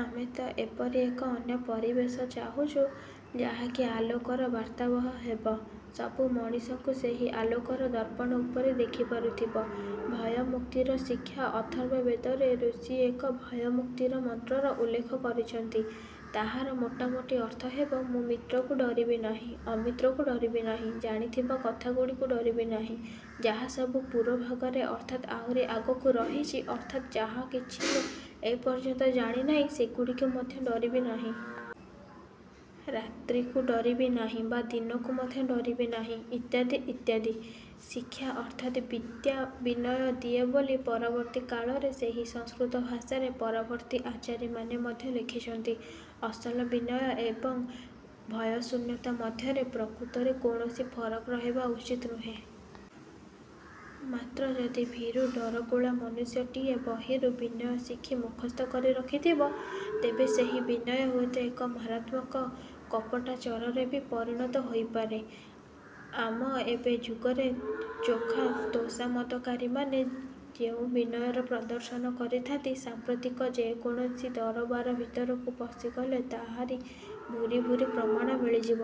ଆମେ ତ ଏପରି ଏକ ଅନ୍ୟ ପରିବେଶ ଚାହୁଛୁ, ଯାହାକି ଅଲୋକର ବାର୍ତ୍ତାବହ ହେବ। ସବୁ ମଣିଷଙ୍କୁ ସେହି ଆଲୋକର ଦର୍ପଣ ଉପରେ ଦେଖି ପାରୁଥିବ। ଭୟମୁକ୍ତିର ଶିକ୍ଷା ଅଥର୍ବ ବେଦରେ ଋଷି ଏକ ଭୟମୁକ୍ତିର ମନ୍ତ୍ରର ଉଲ୍ଲେଖ କରିଛନ୍ତି। ତାହାର ମୋଟାମୋଟି ଅର୍ଥ ହେବ; ମୁଁ ମିତ୍ରକୁ ଡ଼ରିବି ନାହିଁ, ଅମିତ୍ରକୁ ଡ଼ରିବି ନାହିଁ, ଜାଣିଥିବା କଥାଗୁଡ଼ିକୁ ଡ଼ରିବି ନାହିଁ, ଯାହାସବୁ ପୁରୋଭାଗରେ ଅର୍ଥାତ୍ ଆହୁରି ଆଗକୁ ରହିଛି ଅର୍ଥାତ୍ ଯାହାକିଛି ମୁଁ ଏପର୍ଯ୍ୟନ୍ତ ଜାଣିନାହିଁ, ସେଗୁଡ଼ିକୁ ମଧ୍ୟ ଡ଼ରିବି ନାହିଁ। ରାତ୍ରିକୁ ଡ଼ରିବି ନାହିଁ ବା ଦିନକୁ ମଧ୍ୟ ଡ଼ରିବି ନାହିଁ। ଇତ୍ୟାଦି, ଇତ୍ୟାଦି। ଶିକ୍ଷା ଅର୍ଥାତ୍ ବିଦ୍ୟା ବିନୟ ଦିଏ ବୋଲି ପରବର୍ତ୍ତୀ କାଳରେ ସେହି ସଂସ୍କୃତ ଭାଷାରେ ପରବର୍ତ୍ତୀ ଆଚାରୀମାନେ ମଧ୍ୟ ଲେଖିଛନ୍ତି। ଅସଲ ବିନୟ ଏବଂ ଭୟଶୂନ୍ୟତା ମଧ୍ୟରେ ପ୍ରକୃତରେ କୌଣସି ଫରକ ରହିବା ଉଚିତ ନୁହେଁ। ମାତ୍ର ଯଦି ଭୀରୁ ଡ଼ରକୁଳା ମନୁଷ୍ୟଟିଏ ବହିରୁ ବିନୟ ଶିଖି ମୁଖସ୍ଥ କରି ରଖିଥିବ, ତେବେ ସେହି ବିନୟ ହୁଏତ ଏକ ମାରାତ୍ମକ କପଟାଚରରେ ବି ପରିଣତ ହୋଇପାରେ। ଆମ ଏବ ଯୁଗରେ ଚୋଖା ତୋଷାମଦକାରୀମାନେ ଯେଉଁ ବିନୟର ପ୍ରଦର୍ଶନ କରିଥାନ୍ତି, ସାମ୍ପ୍ରତିକ ଯେକୌଣସି ଦରବାର ଭିତରକୁ ପଶିଗଲେ ତାହାରି ଭୁରି ଭୁରି ପ୍ରମାଣ ମିଳିଯିବ।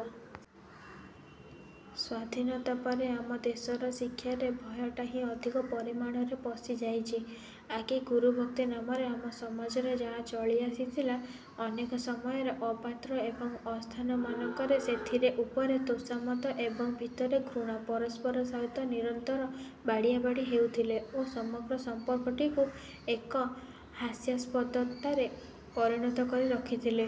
ସ୍ୱାଧୀନତା ପରେ ଆମ ଦେଶର ଶିକ୍ଷାରେ ଭୟଟା ହିଁ ଅଧିକ ପରିମାଣରେ ପଶିଯାଇଛି-। ଆଗେ ଗୁରୁଭକ୍ତି ନାମରେ ଆମ ସମାଜରେ ଯାହା ଚଳି ଆସିଥିଲା, ଅନେକ ସମୟରେ ଅପାତ୍ର ଏବଂ ଅସ୍ଥାନମାନଙ୍କରେ ସେଥିରେ ଉପରେ ତୋଷାମଦ ଏବଂ ଭିତରେ ଘୃଣା ପରସ୍ପର ସହିତ ନିରନ୍ତର ବାଡ଼ିଆବାଡ଼ି ହେଉଥିଲେ ଓ ସମଗ୍ର ସମ୍ପର୍କଟିକୁ ଏକ ହାସ୍ୟାସ୍ପଦତାରେ ପରିଣତ କରି ରଖିଥିଲେ।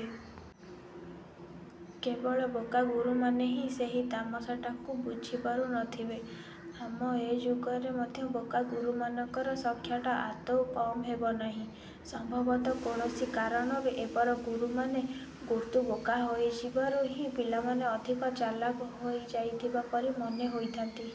କେବଳ ବୋକା ଗୁରୁମାନେ ହିଁ ସେହି ତାମସାଟାକୁ ବୁଝି ପାରୁନଥିବେ-। ଆମ ଏ ଯୁଗରେ ମଧ୍ୟ ବୋକା ଗୁରୁମାନଙ୍କର ସଂଖ୍ୟାଟା ଆଦୌ କମ୍ ହେବନାହିଁ। ସମ୍ଭବତଃ କୌଣସି କାରଣରୁ ଏବର ଗୁରୁମାନେ ଗୁର୍ଦୁ ବୋକା ହୋଇଯିବାରୁ ହିଁ ପିଲାମାନେ ଅଧିକ ଚାଲାଖ ହୋଇ ଯାଇଥିବା ପରି ମନେ ହୋଇଥାନ୍ତି।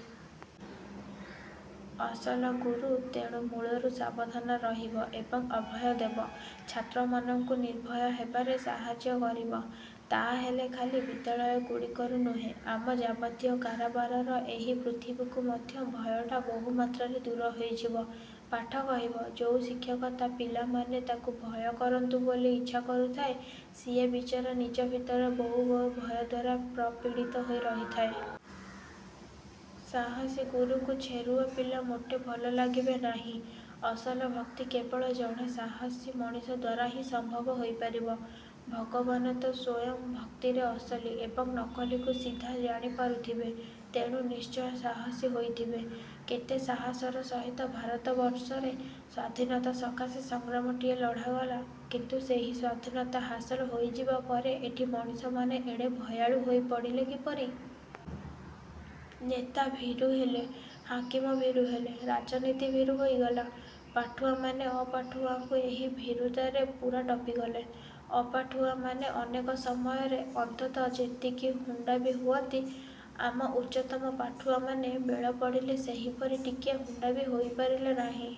ଅସଲ ଗୁରୁ ତେଣୁ ମୂଳରୁ ସାବଧାନ ରହିବ ଏବଂ ଅଭୟ ଦେବ। ଛାତ୍ରମାନଙ୍କୁ ନିର୍ଭୟ ହେବାରେ ସାହାଯ୍ୟ କରିବ। ତା'ହେଲେ ଖାଲି ବିଦ୍ୟାଳୟଗୁଡ଼ିକରୁ ନୁହେଁ, ଆମ ଯାବତୀୟ କାରବାରର ଏହି ପୃଥିବୀରୁ ମଧ୍ୟ ଭୟଟା ବହୁମାତ୍ରାରେ ଦୂର ହୋଇଯିବ। ପାଠ କହିବ, ଯୋଉ ଶିକ୍ଷକ ତା' ପିଲାମାନେ ତାକୁ ଭୟ କରନ୍ତୁ ବୋଲି ଇଚ୍ଛା କରୁଥାଏ, ସିଏ ବିଚରା ନିଜ ଭିତରେ ବହୁ ବହୁ ଭୟ ଦ୍ଵାରା ପ୍ରପୀଡ଼ିତ ହୋଇ ରହିଥାଏ। ସାହସୀ ଗୁରୁକୁ ଛେରୁଆ ପିଲା ମୋଟେ ଭଲ ଲାଗିବେ ନାହିଁ। ଅସଲ ଭକ୍ତି କେବଳ ଜଣେ ସାହସୀ ମଣିଷ ଦ୍ୱାରା ହିଁ ସମ୍ଭବ ହୋଇପାରିବ। ଭଗବାନ ତ ସ୍ୱୟଂ ଭକ୍ତିରେ ଅସଲି ଏବଂ ନକଲିକୁ ସିଧା ଜାଣି ପାରୁଥିବେ। ତେଣୁ ନିଶ୍ଚୟ ସାହସୀ ହୋଇଥିବେ। କେତେ ସାହସର ସହିତ ଭାରତବର୍ଷରେ ସ୍ୱାଧୀନତା ସକାଶେ ସଂଗ୍ରାମଟିଏ ଲଢ଼ାଗଲା, କିନ୍ତୁ ସେହି ସ୍ଵାଧୀନତା ହାସଲ ହୋଇଯିବା ପରେ ଏଠି ମଣିଷମାନେ ଏଡ଼େ ଭୟାଳୁ ହୋଇପଡ଼ିଲେ କିପରି? ନେତା ଭୀରୁ ହେଲେ, ହାକିମ ଭୀରୁ ହେଲେ, ରାଜନୀତି ଭୀରୁ ହୋଇଗଲା। ପାଠୁଆମାନେ ଅପାଠୁଆଙ୍କୁ ଏହି ଭୀରୁତାରେ ପୂରା ଟପିଗଲେ। ଅପାଠୁଆମାନେ ଅନେକ ସମୟରେ ଅନ୍ତତଃ ଯେତିକି ହୁଣ୍ଡା ବି ହୁଅନ୍ତି, ଆମ ଉଚ୍ଚତମ ପାଠୁଆମାନେ ବେଳ ପଡ଼ିଲେ ସେହିପରି ଟିକିଏ ହୁଣ୍ଡା ବି ହୋଇ ପାରିଲେ ନାହିଁ।